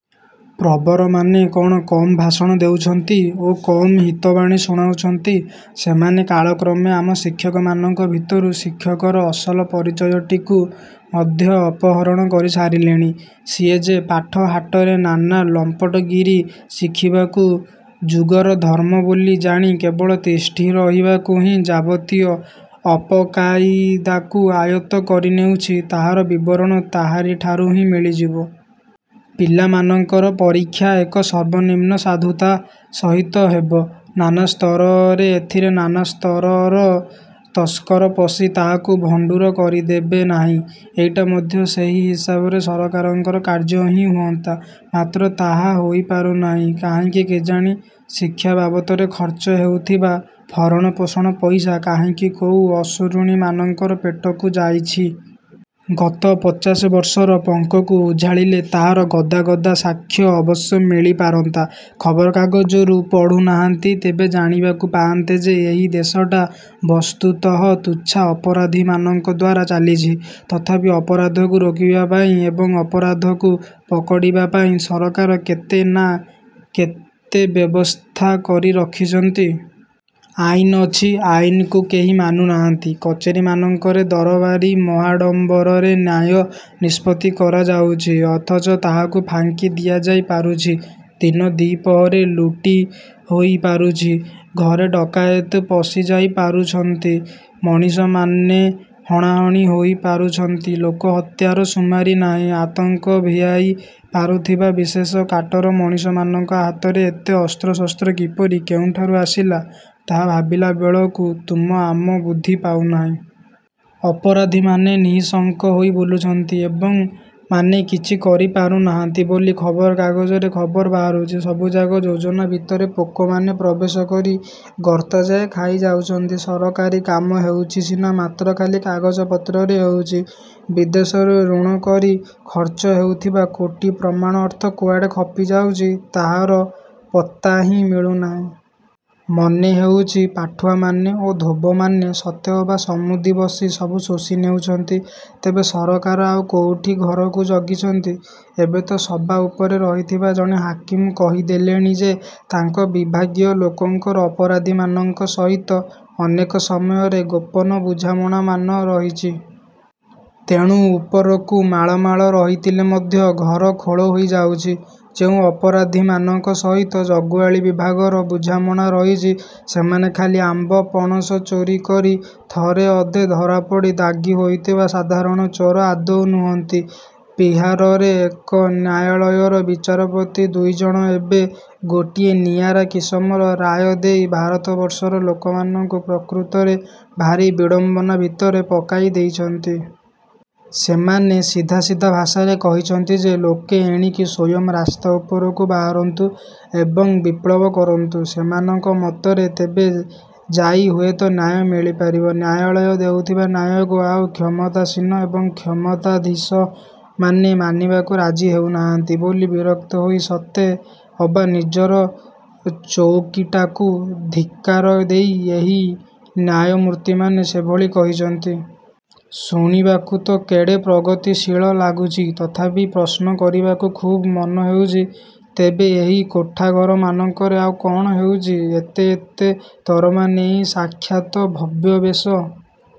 ପ୍ରବରମାନେ କଣ କମ୍ ଭାଷଣ ଦେଉଛନ୍ତି ଓ କମ୍ ହିତବାଣୀ ଶୁଣାଉଛନ୍ତି? ସେମାନେ କାଳକ୍ରମେ ଆମ ଶିକ୍ଷକମାନଙ୍କ ଭିତରୁ ଶିକ୍ଷକର ଅସଲ ପରିଚୟଟିକୁ ମଧ୍ୟ ଅପହରଣ କରି ସାରିଲେଣି। ସିଏ ଯେ ପାଠ ହାଟରେ ନାନା ଲମ୍ପଟଗିରି ଶିଖିବାକୁ ଯୁଗର ଧର୍ମ ବୋଲି ଜାଣି କେବଳ ତିଷ୍ଠି ରହିବାକୁ ହିଁ ଯାବତୀୟ ଅପକାଇଦାକୁ ଆୟତ୍ତ କରିନେଉଛି ତାହାର ବିବରଣ ତାହାରି ଠାରୁ ହିଁ ମିଳିଯିବ। ପିଲାମାନଙ୍କର ପରୀକ୍ଷା ଏକ ସର୍ବନିମ୍ନ ସାଧୁତା ସହିତ ହେବ, ନାନା ସ୍ତରରେ ଏଥିରେ ନାନା ସ୍ତରର ତସ୍କର ପଶି ତାହାକୁ ଭଣ୍ଡୁର କରିଦେବେ ନାହିଁ ,ଏଇଟା ମଧ୍ୟ ସେହି ହିସାବରେ ସରକାରଙ୍କର କାର୍ଯ୍ୟ ହିଁ ହୁଅନ୍ତା। ମାତ୍ର ତାହା ହୋଇପାରୁନାହିଁ କାହିଁକି କେଜାଣି? ଶିକ୍ଷା ବାବତରେ ଖର୍ଚ୍ଚ ହେଉଥିବା ଭରଣପୋଷଣ ପଇସା କାହିଁକି କୋଉ ଅସୁରୁଣୀମାନଙ୍କର ପେଟକୁ ଯାଇଛି। ଗତ ପଚାଶବର୍ଷର ପଙ୍କକୁ ଉଝାଳିଲେ ତାହାର ଗଦା ଗଦା ସାକ୍ଷ୍ୟ ଅବଶ୍ୟ ମିଳିପାରନ୍ତା। ଖବରକାଗଜରୁ ପଢୁନାହାନ୍ତି ତେବେ ଜାଣିବାକୁ ପାଆନ୍ତେ ଯେ ଏହି ଦେଶଟା ବସ୍ତୁତଃ ତୁଚ୍ଛା ଅପରାଧୀମାନଙ୍କ ଦ୍ୱାରା ଚାଲିଛି। ତଥାପି ଅପରାଧକୁ ରୋକିବା ପାଇଁ ଏବଂ ଅପରାଧକୁ ପକଡ଼ିବା ପାଇଁ ସରକାର କେତେ ନା କେତେ ବ୍ୟବସ୍ଥା କରି ରଖିଛନ୍ତି। ଆଇନ ଅଛି, ଆଇନକୁ କେହି ମାନୁନାହାନ୍ତି। କଚେରୀମାନଙ୍କରେ ଦରବାରୀ ମହାଡ଼ମ୍ବରରେ ନ୍ୟାୟ-ନିଷ୍ପତ୍ତି କରାଯାଉଛି, ଅଥଚ ତାହାକୁ ଫାଙ୍କି ଦିଆଯାଇ ପାରୁଛି। ଦିନ ଦିପହରେ ଲୁଟି ହୋଇ ପାରୁଛି, ଘରେ ଡ଼କାଏତ ପଶିଯାଇ ପାରୁଛନ୍ତି, ମଣିଷମାନେ ହଣାହଣି ହୋଇ ପାରୁଛନ୍ତି, ଲୋକହତ୍ୟାର ସୁମାରି ନାହିଁ। ଆତଙ୍କ ଭିଆଇ ପାରୁଥିବା ବିଶେଷ କାଟର ମଣିଷମାନଙ୍କ ହାତରେ ଏତେ ଅସ୍ତ୍ରଶସ୍ତ୍ର କିପରି କେଉଁଠାରୁ ଆସିଲା, ତାହା ଭାବିଲା ବେଳକୁ ତୁମ ଆମ ବୁଦ୍ଧି ପାଉନାହିଁ। ଅପରାଧୀମାନେ ନିଃଶଙ୍କ ହୋଇ ବୁଲୁଛନ୍ତି ଏବଂ ମାନେ କିଛି କରିପାରୁ ନାହାନ୍ତି ବୋଲି ଖବରକାଗଜରେ ଖବର ବାହାରୁଛି। ସବୁଯାକ ଯୋଜନା ଭିତରେ ପୋକମାନେ ପ୍ରବେଶ କରି ଗର୍ତ୍ତଯାଏ ଖାଇଯାଉଛନ୍ତି। ସରକାରୀ କାମ ହେଉଛି ସିନା ମାତ୍ର ଖାଲି କାଗଜପତ୍ରରେ ହେଉଛି। ବିଦେଶରୁ ଋଣ କରି ଖର୍ଚ୍ଚ ହେଉଥିବା କୋଟି ପ୍ରମାଣ ଅର୍ଥ କୁଆଡ଼େ ଖପିଯାଉଛି ତାହାର ପତ୍ତା ହିଁ ମିଳୁନାହିଁ। ମନେ ହେଉଛି, ପାଠୁଆମାନେ ଓ ଧୋବମାନେ ସତେ ଅବା ସମୁଦି ବସି ସବୁ ଶୋଷି ନେଉଛନ୍ତି। ତେବେ ସରକାର ଆଉ କୋଉଠି ଘରକୁ ଜଗିଛନ୍ତି? ଏବେ ତ ସବା ଉପରେ ରହିଥିବା ଜଣେ ହାକିମ କହିଦେଲେଣି ଯେ ତାଙ୍କ ବିଭାଗୀୟ ଲୋକଙ୍କର ଅପରାଧୀମାନଙ୍କ ସହିତ ଅନେକ ସମୟରେ ଗୋପନ ବୁଝାମଣାମାନ ରହିଛି। ତେଣୁ ଉପରକୁ ମାଳ ମାଳ ରହିଥିଲେ ମଧ୍ୟ ଘର ଖୋଳ ହୋଇ ଯାଉଛି। ଯେଉଁ ଅପରାଧୀମାନଙ୍କ ସହିତ ଜଗୁଆଳୀ ବିଭାଗର ବୁଝାମଣା ରହିଛି ସେମାନେ ଖାଲି ଆମ୍ବ, ପଣସ ଚୋରି କରି ଥରେ ଅଧେ ଧରାପଡ଼ି ଦାଗୀ ହୋଇଥିବା ସାଧାରଣ ଚୋର ଆଦୌ ନୁହନ୍ତି। ବିହାରରେ ଏକ ନ୍ୟାୟାଳୟର ବିଚାରପତି ଦୁଇଜଣ ଏବେ ଗୋଟିଏ ନିଆରା କିସମର ରାୟ ଦେଇ ଭାରତବର୍ଷର ଲୋକମାନଙ୍କୁ ପ୍ରକୃତରେ ଭାରି ବିଡ଼ମ୍ବନା ଭିତରେ ପକାଇ ଦେଇଛନ୍ତି। ସେମାନେ ସିଧା ସିଧା ଭାଷାରେ କହିଛନ୍ତି ଯେ, ଲୋକେ ଏଣିକି ସ୍ଵୟଂ ରାସ୍ତା ଉପରକୁ ବାହାରନ୍ତୁ ଏବଂ ବିପ୍ଳବ କରନ୍ତୁ। ସେମାନଙ୍କ ମତରେ ତେବେ ଯାଇ ହୁଏତ ନ୍ୟାୟ ମିଳିପାରିବ। ନ୍ୟାୟାଳୟ ଦେଉଥିବା ନ୍ୟାୟକୁ ଆଉ କ୍ଷମତାସୀନ ଏବଂ କ୍ଷମତାଧୀଶମାନେ ମାନିବାକୁ ରାଜି ହେଉନାହାନ୍ତି ବୋଲି ବିରକ୍ତ ହୋଇ ସତେ ଅବା ନିଜର ଚଉକିଟାକୁ ଧିକ୍କାର ଦେଇ ଏହି ନ୍ୟାୟମୂର୍ତ୍ତିମାନେ ସେଭଳି କହିଛନ୍ତି। ଶୁଣିବାକୁ ତ କେଡ଼େ ପ୍ରଗତିଶୀଳ ଲାଗୁଛି। ତଥାପି ପ୍ରଶ୍ନ କରିବାକୁ ଖୁବ୍ ମନ ହେଉଛି, ତେବେ ଏହି କୋଠାଘରମାନଙ୍କରେ ଆଉ କଣ ହେଉଛି? ଏତେ ଏତେ ଦରମା ନେଇ ସାକ୍ଷାତ ଭବ୍ୟବେଶ